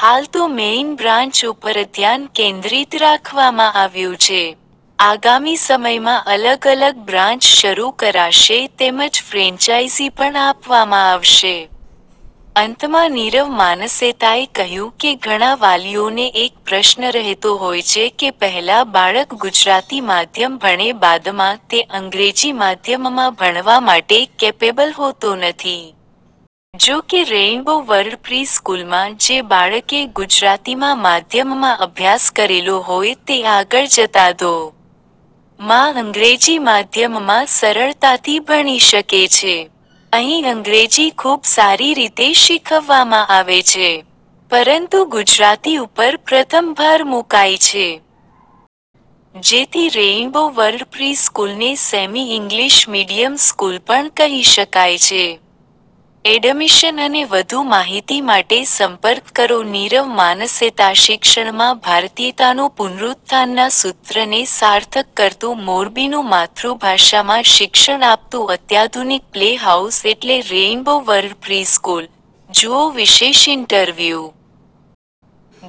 હાલ તો main branch ઉપરધ્યાન કેન્દ્રિત રાખવામાં આવ્યું છે. આગામી સમયમાં અલગ અલગ બ્રાન્ચ શરૂ કરાશે તેમજ ફ્રેન્ચાઇઝી પણ આપવામા આવશે. અંતમાં નીરવ માનસેતાએ કહ્યું કે ઘણા વાલીઓને એક પ્રશ્ન રહેતો હોય છે કે પહેલા બાળક ગુજરાતી માધ્યમ ભણે બાદમાં તે અંગ્રેજી માધ્યમમાં ભણવા માટે કેપેબલ હોતો નથી. જો કે રેઈન્બો વર્લ્ડ પ્રિ-સ્કૂલમાં જે બાળકે ગુજરાતીમાં માધ્યમમા અભ્યાસ કરેલો હોય તે આગળ જતા ધો. મા અંગ્રેજી માધ્યમમાં સરળતાથી ભણી શકે છે. અહીં અંગ્રેજી ખુબ સારી રીતે શીખવવામાં આવેછે. પરંતુ ગુજરાતી ઉપર પ્રથમ ભાર મુકાઈ છે. જેથી રેઈન્બો વર્લ્ડ પ્રિ-સ્કૂલને સેમી ઈંગ્લીશ મીડીયમ સ્કૂલ પણ કહી શકાય છે. એડમીશન અને વધુ માહિતી માટે સંપર્ક કરો નીરવ માનસેતાશિક્ષણમાં ભારતીયતાનું પુનરુત્થાનના સૂત્રને સાર્થક કરતું મોરબીનું માતૃભાષામાં શિક્ષણ આપતું અત્યાધુનિક પ્લે હાઉસ એટલે રેઈન્બો વર્લ્ડ પ્રિ-સ્કૂલ, જુઓ વિશેષ ઇન્ટરવ્યૂ।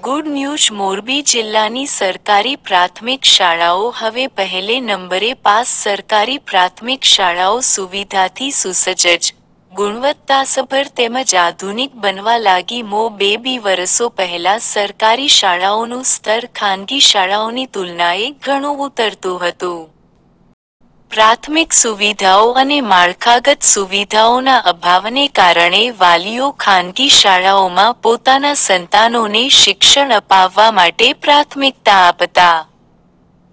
ગુડ ન્યુઝ મોરબી જિલ્લાની સરકારી પ્રાથમિક શાળાઓ હવે પહેલે નંબરે પાસ સરકારી પ્રાથમિક શાળાઓ સુવિધાથી સુસજજ, ગુણવત્તાસભર તેમજ આધુનિક બનવા લાગી મોરબી વરસો પહેલા સરકારી શાળાઓનું સ્તર ખાનગી શાળાઓની તુલનાએ ઘણું ઉતરતું હતું. પ્રાથમિક સુવિધાઓ અને માળખાગત સુવિધાઓના અભાવને કારણે વાલીઓ ખાનગી શાળાઓમાં પોતાના સંતાનોને શિક્ષણ અપાવવા માટે પ્રાથમિકતા આપતા.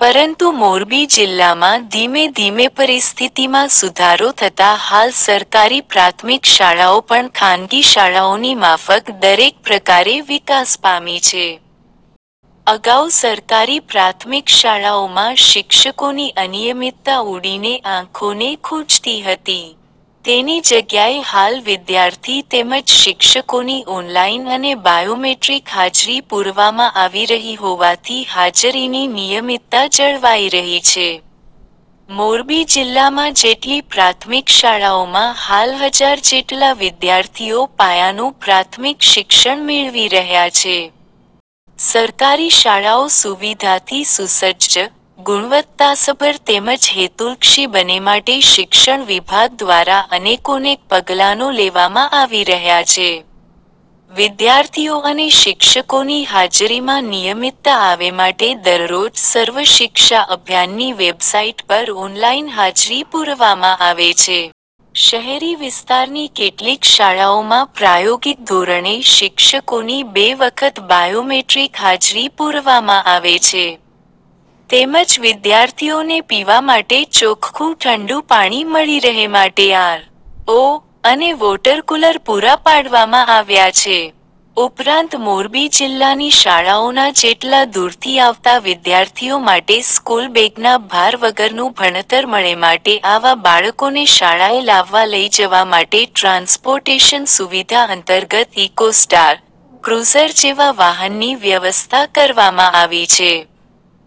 પરંતુ મોરબી જિલ્લામાં ધીમે ધીમેપરિસ્થિતિમાં સુધારો થતા હાલ સરકારી પ્રાથમિક શાળાઓ પણ ખાનગી શાળાઓની માફક દરેક પ્રકારે વિકાસ પામી છે. અગાઉ સરકારી પ્રાથમિક શાળાઓમાં શિક્ષકોની અનિયમિતતા ઉડીને આંખોને ખૂંચતી હતી. તેની જગ્યાએ હાલ વિદ્યાર્થી તેમજ શિક્ષકોની ઓનલાઈન અને બાયોમેટ્રિક હાજરી પુરવામાં આવી રહી હોવાથી હાજરીની નિયમિતતા જળવાઈ રહી છે. મોરબી જિલ્લામાં જેટલી પ્રાથમિક શાળાઓમાં હાલ હજાર જેટલા વિદ્યાર્થીઓ પાયાનું પ્રાથમિક શિક્ષણ મેળવી રહ્યા છે. સરકારી શાળાઓ સુવિધાથી સુસજ્જ, ગુણવત્તાસભર તેમજ હેતુલક્ષી બનેમાટે શિક્ષણ વિભાગ દ્વારા અનેકોનેક પગલાંઓ લેવામાં આવી રહ્યા છે. વિદ્યાર્થીઓ અને શિક્ષકોની હાજરીમાં નિયમિતતા આવેમાટે દરરોજ સર્વ શિક્ષા અભ્યાનની વેબસાઈટ પર ઓનલાઈન હાજરી પુરવામાં આવે છે. શહેરી વિસ્તારની કેટલીક શાળાઓમાં પ્રાયોગિક ધોરણે શિક્ષકોની બે વખત બાયોમેટ્રિક હાજરી પુરવામાં આવે છે. તેમજ વિદ્યાર્થીઓને પીવા માટે ચોખ્ખું ઠંડુ પાણી મળી રહેમાટે આર. ઓ. અને વોટરકુલર પુરા પાડવામાં આવ્યા છે. ઉપરાંત મોરબી જિલ્લાની શાળાઓના જેટલા દૂરથી આવતા વિદ્યાર્થીઓ માટે સ્કૂલ બેગના ભાર વગરનું ભણતર મળેમાટે આવા બાળકોને શાળાએ લાવવા લઈ જવા માટે ટ્રાન્સપોર્ટેશન સુવિધા અંતર્ગત ઈકો સ્ટાર, ક્રુઝર જેવા વાહનની વ્યવસ્થા કરવામાં આવી છે.